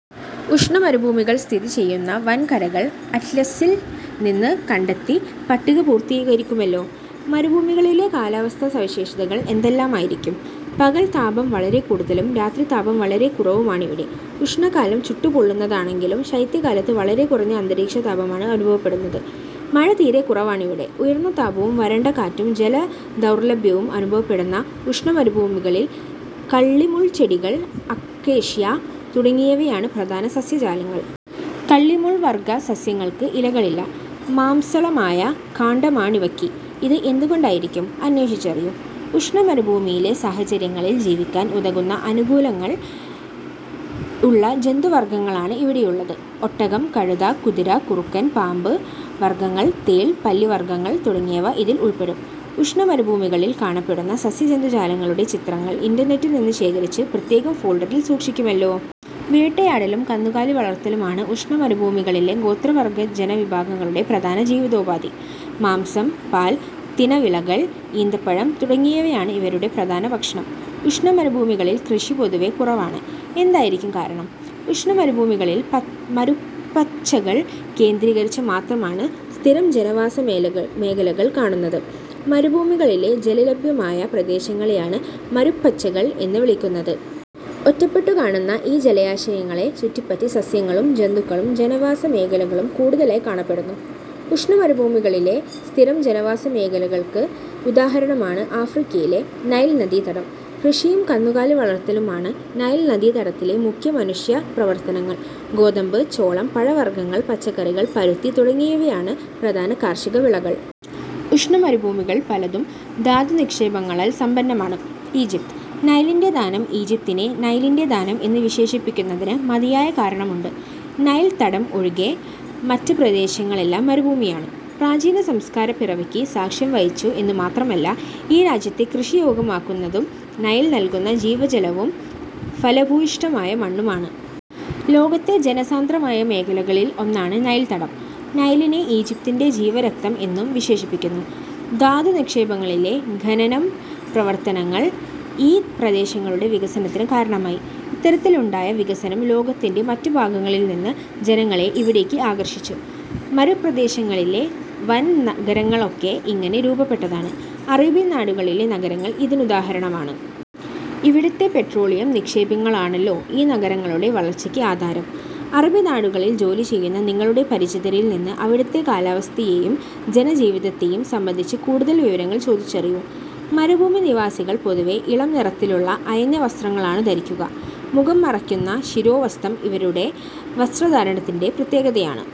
ഉഷ്ണമരുഭൂമികൾ സ്ഥിതി ചെയ്യുന്ന വൻകരകൾ അറ്റ്ലസിൽ നിന്ന് കണ്ടെത്തി പട്ടിക പൂർത്തീകരിക്കുമല്ലോ. മരുഭൂമികളിലെ കാലാവസ്ഥാ സവിശേഷതകൾ എന്തെല്ലാമായിരിക്കും? പകൽ താപം വളരെ കൂടുതലും രാത്രി താപം വളരെ കുറവുമാണിവിടെ. ഉഷ്ണകാലം ചുട്ടുപൊള്ളുന്നതാണെങ്കിലും ശൈത്യകാലത്ത് വളരെ കുറഞ്ഞ അന്തരീക്ഷതാപമാണ് അനുഭവപ്പെടുന്നത്. മഴ തീരെ കുറവാണിവിടെ. ഉയർന്ന താപവും വരണ്ട കാറ്റും ജല ദൗർലഭ്യവും അനുഭവപ്പെടുന്ന ഉഷ്ണ മരുഭൂമികളിൽ കള്ളിമുൾച്ചെടികൾ, അക്കേഷ്യ, തുടങ്ങിയവയാണ് പ്രധാന സസ്യജാലങ്ങൾ. കള്ളിമുൾവർഗ്ഗ സസ്യങ്ങൾക്ക് ഇലകളില്ല. മാംസളമായ കാണ്ഡമാണിവയ്ക്ക്. ഇത് എന്തുകൊണ്ടായിരിക്കാം? അന്വേഷിച്ചറിയൂ. ഉഷ്ണ മരുഭൂമിയിലെ സാഹചര്യങ്ങളിൽ ജീവിക്കാൻ ഉതകുന്ന അനുകൂലനങ്ങൾ ഉള്ള ജന്തുവർഗ്ഗങ്ങളാണ് ഇവിടെയുള്ളത്. ഒട്ടകം, കഴുത, കുതിര, കുറുക്കൻ, പാമ്പു വർഗ്ഗങ്ങൾ, തേൾ, പല്ലിവർഗ്ഗങ്ങൾ തുടങ്ങിയവ ഇതിൽ ഉൾപ്പെടും. ഉഷ്ണമരുഭൂമികളിൽ കാണപ്പെടുന്ന സസ്യജന്തുജാലങ്ങളുടെ ചിത്രങ്ങൾ ഇന്റർനെറ്റിൽ നിന്ന് ശേഖരിച്ച് പ്രത്യേക ഫോൾഡറിൽ സൂക്ഷിക്കുമല്ലോ. വേട്ടയാടലും കന്നുകാലി വളർത്തലുമാണ് ഉഷ്ണ മരുഭൂമികളിലെ ഗോത്രവർഗ്ഗജനവിഭാഗങ്ങളുടെ പ്രധാന ജീവിതോപാധി. മാംസം, പാൽ, തിനവിളകൾ, ഈന്തപ്പഴം തുടങ്ങിയവയാണ് ഇവരുടെ പ്രധാന ഭക്ഷണം. ഉഷ്ണമരുഭൂമികളിൽ കൃഷി പൊതുവെ കുറവാണ്. എന്തായിരിക്കാം കാരണം? ഉഷ്ണമരുഭൂമികളിൽ മരുപ്പച്ചകൾ കേന്ദ്രീകരിച്ച് മാത്രമാണ് സ്ഥിരം ജനവാസമേഖലകൾ കാണുന്നത്. മരുഭൂമികളിലെ ജലലഭ്യമായ പ്രദേശങ്ങളെയാണ് മരുപ്പച്ചകൾ എന്നു വിളിക്കുന്നത്. ഒറ്റപ്പെട്ടു കാണുന്ന ഈ ജലാശയങ്ങളെ ചുറ്റിപ്പറ്റി സസ്യങ്ങളും ജന്തുക്കളും ജനവാസമേഖലകളും കൂടുതലായി കാണപ്പെടുന്നു. ഉഷ്ണ മരുഭൂമികളിലെ സ്ഥിരം ജനവാസമേഖലകൾക്ക് ഉദാഹരണമാണ് ആഫ്രിക്കയിലെ നൈൽ നദീതടം. കൃഷിയും കന്നുകാലി വളർത്തലുമാണ് നൈൽ നദീതടത്തിലെ മുഖ്യ മനുഷ്യപ്രവർത്തനങ്ങൾ. ഗോതമ്പ്, ചോളം, പഴവർഗ്ഗങ്ങൾ, പച്ചക്കറികൾ, പരുത്തി തുടങ്ങിയവയാണ് പ്രധാന കാർഷികവിളകൾ. ഉഷ്ണ മരുഭൂമികൾ പലതും ധാതുനിക്ഷേപങ്ങളാൽ സമ്പന്നമാണ്. ഈജിപ്ത്: നൈലിന്റെ ദാനം ഈജിപ്തിനെ നൈലിന്റെ ദാനം എന്ന് വിശേഷിപ്പിക്കുന്നതിന് മതിയായ കാരണമുണ്ട്. നൈൽ തടം ഒഴികെ മറ്റു പ്രദേശങ്ങളെല്ലാം മരുഭൂമിയാണ്. പ്രാചീന സംസ്കാരപ്പിറവിക്ക് സാക്ഷ്യം വഹിച്ചു എന്നുമാത്രമല്ല, ഈ രാജ്യത്തെ കൃഷിയോഗ്യമാക്കുന്നതും നൈൽ നൽകുന്ന ജീവജലവും ഫലഭൂയിഷ്ഠമായ മണ്ണുമാണ്. ലോകത്തെ ജനസാന്ദ്രമായ മേഖലകളിൽ ഒന്നാണ് നൈൽ തടം. നൈലിനെ ഈജിപ്തിന്റെ ജീവരക്തം എന്നും വിശേഷിപ്പിക്കുന്നു. ധാതു നിക്ഷേപങ്ങളിലെ ഖനനം പ്രവർത്തനങ്ങൾ ഈ പ്രദേശങ്ങളുടെ വികസനത്തിന് കാരണമായി. ഇത്തരത്തിലുണ്ടായ വികസനം ലോകത്തിന്റെ മറ്റു ഭാഗങ്ങളിൽനിന്ന് ജനങ്ങളെ ഇവിടേക്ക് ആകർഷിച്ചു. മരുപ്രദേശങ്ങളിലെ വൻനഗരങ്ങളൊക്കെ ഇങ്ങനെ രൂപപ്പെട്ടതാണ്. അറേബ്യൻ നാടുകളിലെ നഗരങ്ങൾ ഇതിനുദാഹരണങ്ങളാണ്. ഇവിടത്തെ പെട്രോളിയം നിക്ഷേപങ്ങളാണല്ലോ ഈ നഗരങ്ങളുടെ വളർച്ചയ്ക്ക് ആധാരം. അറബിനാടുകളിൽ ജോലി ചെയ്യുന്ന നിങ്ങളുടെ പരിചിതരിൽ നിന്ന് അവിടുത്തെ കാലാവസ്ഥയെയും ജന ജീവിതത്തെയും സംബന്ധിച്ച് കൂടുതൽ വിവരങ്ങൾ ചോദിച്ചറിയൂ. മരുഭൂമി നിവാസികൾ പൊതുവേ ഇളംനിറത്തിലുള്ള അയഞ്ഞ വസ്ത്രങ്ങളാണ് ധരിക്കുക. മുഖം മറയ്ക്കുന്ന ശിരോവസ്ത്രം ഇവരുടെ വസ്ത്രധാരണത്തിലെ പ്രത്യേകതയാണ്.